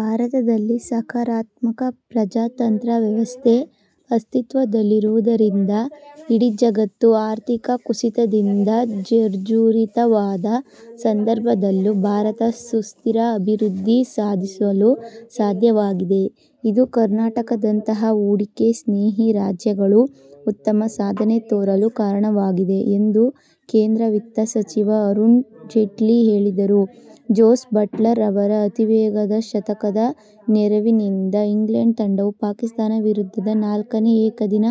ಭಾರತದಲ್ಲಿ ಸಹಕಾರಾತ್ಮಕ ಪ್ರಜಾತಂತ್ರ ವ್ಯವಸ್ಥೆ ಅಸ್ತಿತ್ವದಲ್ಲಿರುವುದರಿಂದ ಇಡೀ ಜಗತ್ತು ಆರ್ಥಿಕ ಕುಸಿತದಿಂದ ಜರ್ಝರಿತವಾದ ಸಂದರ್ಭದಲ್ಲೂ ಭಾರತ ಸುಸ್ಥಿರ ಅಭಿವೃದ್ಧಿ ಸಾಧಿಸಲು ಸಾಧ್ಯವಾಗಿದೆ. ಇದು ಕರ್ನಾಟಕದಂತಹ ಹೂಡಿಕೆ ಸ್ನೇಹಿ ರಾಜ್ಯಗಳು ಉತ್ತಮ ಸಾಧನೆ ತೋರಲು ಕಾರಣವಾಗಿದೆ ಎಂದು ಕೇಂದ್ರ ವಿತ್ತ ಸಚಿವ ಅರುಣ್ ಜೇಟ್ಲಿ ಹೇಳಿದರು. ಜೋಸ್ ಬಟ್ಲರ್ ಅವರ ಅತೀವೇಗದ ಶತಕದ ನೆರವಿನಿಂದ ಇಂಗ್ಲೆಂಡ್ ತಂಡವು ಪಾಕಿಸ್ಥಾನ ವಿರುದ್ಧದ ನಾಲ್ಕನೇ ಏಕದಿನ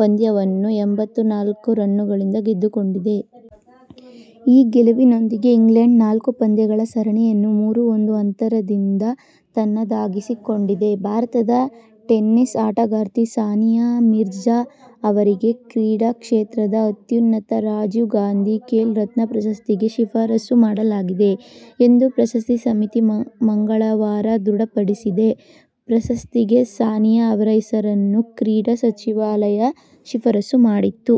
ಪಂದ್ಯವನ್ನು ಎಂಭತ್ತನಾಲ್ಕು ರನ್ನುಗಳಿಂದ ಗೆದ್ದುಕೊಂಡಿದೆ. ಈ ಗೆಲುವಿನೊಂದಿಗೆ ಇಂಗ್ಲೆಂಡ್ ನಾಲ್ಕು ಪಂದ್ಯಗಳ ಸರಣಿಯನ್ನು ಮೂರು-ಒಂದು ಅಂತರದಿಂದ ತನ್ನದಾಗಿಸಿಕೊಂಡಿದೆ. ಭಾರತದ ಟೆನಿಸ್ ಆಟಗಾರ್ತಿ ಸಾನಿಯಾ ಮಿರ್ಜಾ ಅವರಿಗೆ ಕ್ರೀಡಾ ಕ್ಷೇತ್ರದ ಅತ್ಯುನ್ನತ ರಾಜೀವ್ ಗಾಂಧಿ ಖೇಲ್ ರತ್ನ ಪ್ರಶಸ್ತಿಗೆ ಶಿಫಾರಸು ಮಾಡಲಾಗಿದೆ ಎಂದು ಪ್ರಶಸ್ತಿ ಸಮಿತಿ ಮಂಗಳವಾರ ಧೃಡಪಡಿಸಿದೆ. ಪ್ರಶಸ್ತಿಗೆ ಸಾನಿಯಾ ಅವರ ಹೆಸರನ್ನು ಕ್ರೀಡಾ ಸಚಿವಾಲಯ ಶಿಫಾರಸು ಮಾಡಿತ್ತು.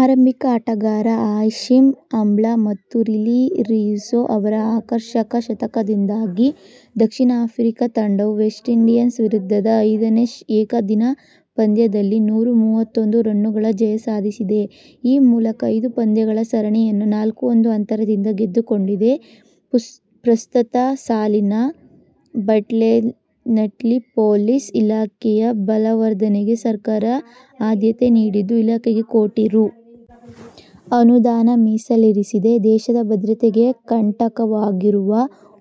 ಆರಂಭಿಕ ಆಟಗಾರ ಹಾಶಿಮ್ ಆಮ್ಲ ಮತ್ತು ರಿಲೀ ರೂಸ್ಯೊ ಅವರ ಆಕರ್ಷಕ ಶತಕದಿಂದಾಗಿ ದಕ್ಷಿಣ ಆಫ್ರಿಕಾ ತಂಡವು ವೆಸ್ಟ್ಇಂಡೀಸ್ ವಿರುದ್ಧದ ಐದನೇ ಏಕದಿನ ಪಂದ್ಯದಲ್ಲಿ ನೂರ ಮೂವತ್ತೊಂದು ರನ್ನುಗಳ ಜಯ ಸಾಧಿಸಿದೆ. ಈ ಮೂಲಕ ಐದು ಪಂದ್ಯಗಳ ಸರಣಿಯನ್ನು ನಾಲ್ಕು-ಒಂದು ಅಂತರದಿಂದ ಗೆದ್ದುಕೊಂಡಿದೆ. ಪ್ರಸಕ್ತ ಸಾಲಿನ ಬಜೆಟ್ನಲ್ಲಿ ಪೊಲೀಸ್ ಇಲಾಖೆಯ ಬಲವರ್ಧನೆಗೆ ಸರ್ಕಾರ ಆದ್ಯತೆ ನೀಡಿದ್ದು, ಇಲಾಖೆಗೆ ಕೋಟಿ ರೂ. ಅನುದಾನ ಮೀಸಲಿರಿಸಿದೆ. ದೇಶದ ಭದ್ರತೆಗೆ ಕಂಟಕವಾಗಿರುವ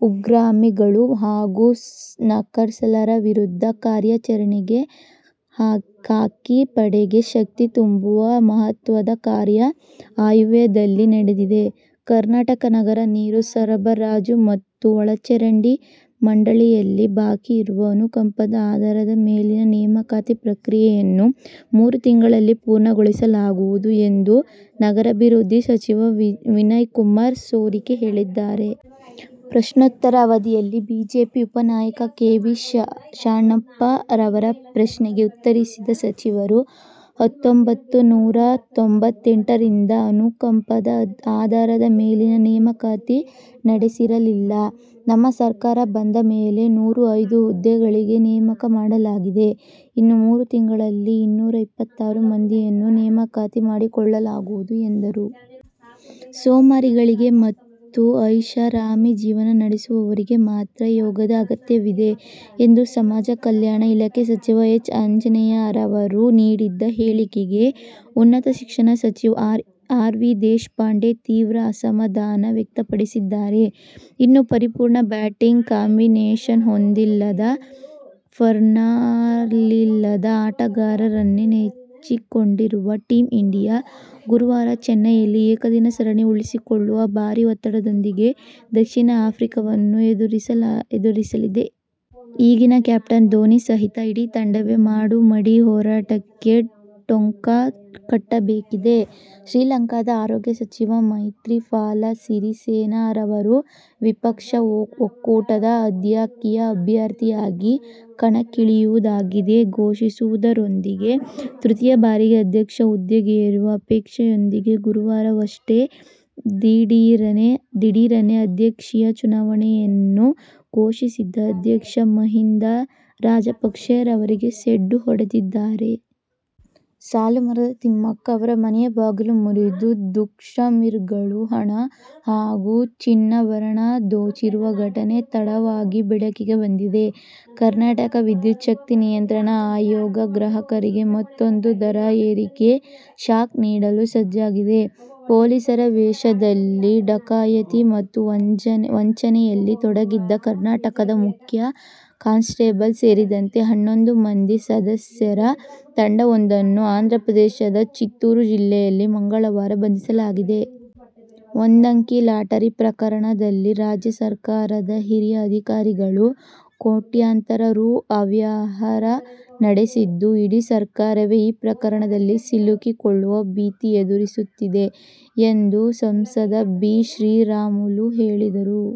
ಉಗ್ರಗಾಮಿಗಳು ಹಾಗೂ ನಕ್ಸಲರ ವಿರುದ್ಧ ಕಾರ್ಯಾಚರಣೆಗೆ ಖಾಕಿ ಪಡೆಗೆ ಶಕ್ತಿ ತುಂಬುವ ಮಹತ್ವದ ಕಾರ್ಯ ಆಯವ್ಯಯದಲ್ಲಿ ನಡೆದಿದೆ. ಕರ್ನಾಟಕ ನಗರ ನೀರು ಸರಬರಾಜು ಮತ್ತು ಒಳಚರಂಡಿ ಮಂಡಳಿಯಲ್ಲಿ ಬಾಕಿ ಇರುವ ಅನುಕಂಪದ ಆಧಾರದ ಮೇಲಿನ ನೇಮಕಾತಿ ಪ್ರಕ್ರಿಯೆಯನ್ನು ಮೂರು ತಿಂಗಳಲ್ಲಿ ಪೂರ್ಣಗೊಳಿಸಲಾಗುವುದು ಎಂದು ನಗರಾಭಿವೃದ್ಧಿ ಸಚಿವ ವಿನಯಕುಮಾರ್ ಸೊರಕೆ ಹೇಳಿದ್ದಾರೆ. ಪ್ರಶ್ನೋತ್ತರ ಅವಧಿಯಲ್ಲಿ ಬಿಜೆಪಿ ಉಪನಾಯಕ ಕೆ. ಬಿ. ಶಾಣಪ್ಪ ಅವರ ಪ್ರಶ್ನೆಗೆ ಉತ್ತರಿಸಿದ ಸಚಿವರು, ಹತ್ತೊಂಬತ್ತು ನೂರ ತೊಂಬತ್ತೆಂಟರಿಂದ ಅನುಕಂಪದ ಆಧಾರದ ಮೇಲಿನ ನೇಮಕಾತಿ ನಡೆಸಿರಲಿಲ್ಲ. ನಮ್ಮ ಸರ್ಕಾರ ಬಂದ ಮೇಲೆ ನೂರ ಐದು ಹುದ್ದೆಗಳಿಗೆ ನೇಮಕ ಮಾಡಲಾಗಿದೆ. ಇನ್ನು ಮೂರು ತಿಂಗಳಲ್ಲಿ ಇನ್ನೂರ ಇಪ್ಪತ್ತಾರು ಮಂದಿಯನ್ನು ನೇಮಕಾತಿ ಮಾಡಿಕೊಳ್ಳಲಾಗುವುದು ಎಂದರು. "ಸೋಮಾರಿಗಳಿಗೆ ಮತ್ತು ಐಷಾರಾಮಿ ಜೀವನ ನಡೆಸುವವರಿಗೆ ಮಾತ್ರ ಯೋಗದ ಅಗತ್ಯವಿದೆ" ಎಂದು ಸಮಾಜ ಕಲ್ಯಾಣ ಇಲಾಖೆ ಸಚಿವ ಎಚ್. ಆಂಜನೇಯ ಅವರು ನೀಡಿದ್ದ ಹೇಳಿಕೆಗೆ ಉನ್ನತ ಶಿಕ್ಷಣ ಸಚಿವ ಆರ್. ವಿ. ದೇಶಪಾಂಡೆ ತೀವ್ರ ಅಸಮಾಧಾನ ವ್ಯಕ್ತಪಡಿಸಿದ್ದಾರೆ. ಇನ್ನೂ ಪರಿಪೂರ್ಣ ಬ್ಯಾಟಿಂಗ್ ಕಾಂಬಿನೇಶನ್ ಹೊಂದಿಲ್ಲದ, ಫಾರ್ಮ್ನಲ್ಲಿಲ್ಲದ ಆಟಗಾರರನ್ನೇ ನೆಚ್ಚಿಕೊಂಡಿರುವ ಟೀಮ್ ಇಂಡಿಯಾ ಗುರುವಾರ ಚೆನ್ನೈಯಲ್ಲಿ ಏಕದಿನ ಸರಣಿ ಉಳಿಸಿಕೊಳ್ಳುವ ಭಾರೀ ಒತ್ತಡದೊಂದಿಗೆ ದಕ್ಷಿಣ ಆಫ್ರಿಕಾವನ್ನು ಎದುರಿಸಲಿದೆ. ಹೀಗಾಗಿ ಕ್ಯಾಪ್ಟನ್ ಧೋನಿ ಸಹಿತ ಇಡೀ ತಂಡವೇ ಮಾಡು-ಮಡಿ ಹೋರಾಟಕ್ಕೆ ಟೊಂಕ ಕಟ್ಟಬೇಕಿದೆ. ಶ್ರೀಲಂಕಾದ ಆರೋಗ್ಯ ಸಚಿವ ಮೈತ್ರಿಪಾಲ ಸಿರಿಸೇನಾ ಅವರು ವಿಪಕ್ಷ ಒಕ್ಕೂಟದ ಅಧ್ಯಕ್ಷೀಯ ಅಭ್ಯರ್ಥಿಯಾಗಿ ಕಣಕ್ಕಿಳಿಯುವುದಾಗಿ ಘೋಷಿಸುವುದರೊಂದಿಗೆ ತೃತೀಯ ಬಾರಿಗೆ ಅಧ್ಯಕ್ಷ ಹುದ್ದೆಗೇರುವ ಅಪೇಕ್ಷೆಯೊಂದಿಗೆ ಗುರುವಾರವಷ್ಟೇ ದಿಢೀರನೆ ಅಧ್ಯಕ್ಷೀಯ ಚುನಾವಣೆಯನ್ನು ಘೋಷಿಸಿದ್ದ ಅಧ್ಯಕ್ಷ ಮಹೀಂದ ರಾಜಪಕ್ಷೆ ಅವರಿಗೆ ಸೆಡ್ಡು ಹೊಡೆದಿದ್ದಾರೆ. ಸಾಲು ಮರದ ತಿಮ್ಮಕ್ಕ ಅವರ ಮನೆಯ ಬಾಗಿಲು ಮುರಿದು ದುಷ್ಕರ್ಮಿಗಳು ಹಣ ಹಾಗೂ ಚಿನ್ನಾಭರಣ ದೋಚಿರುವ ಘಟನೆ ತಡವಾಗಿ ಬೆಳಕಿಗೆ ಬಂದಿದೆ. ಕರ್ನಾಟಕ ವಿದ್ಯುತ್ಛಕ್ತಿ ನಿಯಂತ್ರಣ ಆಯೋಗ ಗ್ರಾಹಕರಿಗೆ ಮತ್ತೂಂದು ದರ ಏರಿಕೆ ಶಾಕ್ ನೀಡಲು ಸಜ್ಜಾಗಿದೆ. ಪೊಲೀಸರ ವೇಷದಲ್ಲಿ ಡಕಾಯತಿ ಮತ್ತು ವಂಚನೆಯಲ್ಲಿ ತೊಡಗಿದ್ದ ಕರ್ನಾಟಕದ ಮುಖ್ಯ ಕಾನ್ಸ್ಟೆಬಲ್ ಸೇರಿದಂತೆ ಹನ್ನೊಂದು ಮಂದಿ ಸದಸ್ಯರ ತಂಡವೊಂದನ್ನು ಆಂಧ್ರ ಪ್ರದೇಶದ ಚಿತ್ತೂರು ಜಿಲ್ಲೆಯಲ್ಲಿ ಮಂಗಳವಾರ ಬಂಧಿಸಲಾಗಿದೆ. ಒಂದಂಕಿ ಲಾಟರಿ ಪ್ರಕರಣದಲ್ಲಿ ರಾಜ್ಯ ಸರ್ಕಾರದ ಹಿರಿಯ ಅಧಿಕಾರಿಗಳು ಕೋಟ್ಯಂತರ ರೂ. ಅವ್ಯವಹಾರ ನಡೆಸಿದ್ದು, ಇಡೀ ಸರ್ಕಾರವೇ ಈ ಪ್ರಕರಣದಲ್ಲಿ ಸಿಲುಕಿಕೊಳ್ಳುವ ಭೀತಿ ಎದುರಿಸುತ್ತಿದೆ ಎಂದು ಸಂಸದ ಬಿ. ಶ್ರೀರಾಮುಲು ಹೇಳಿದರು.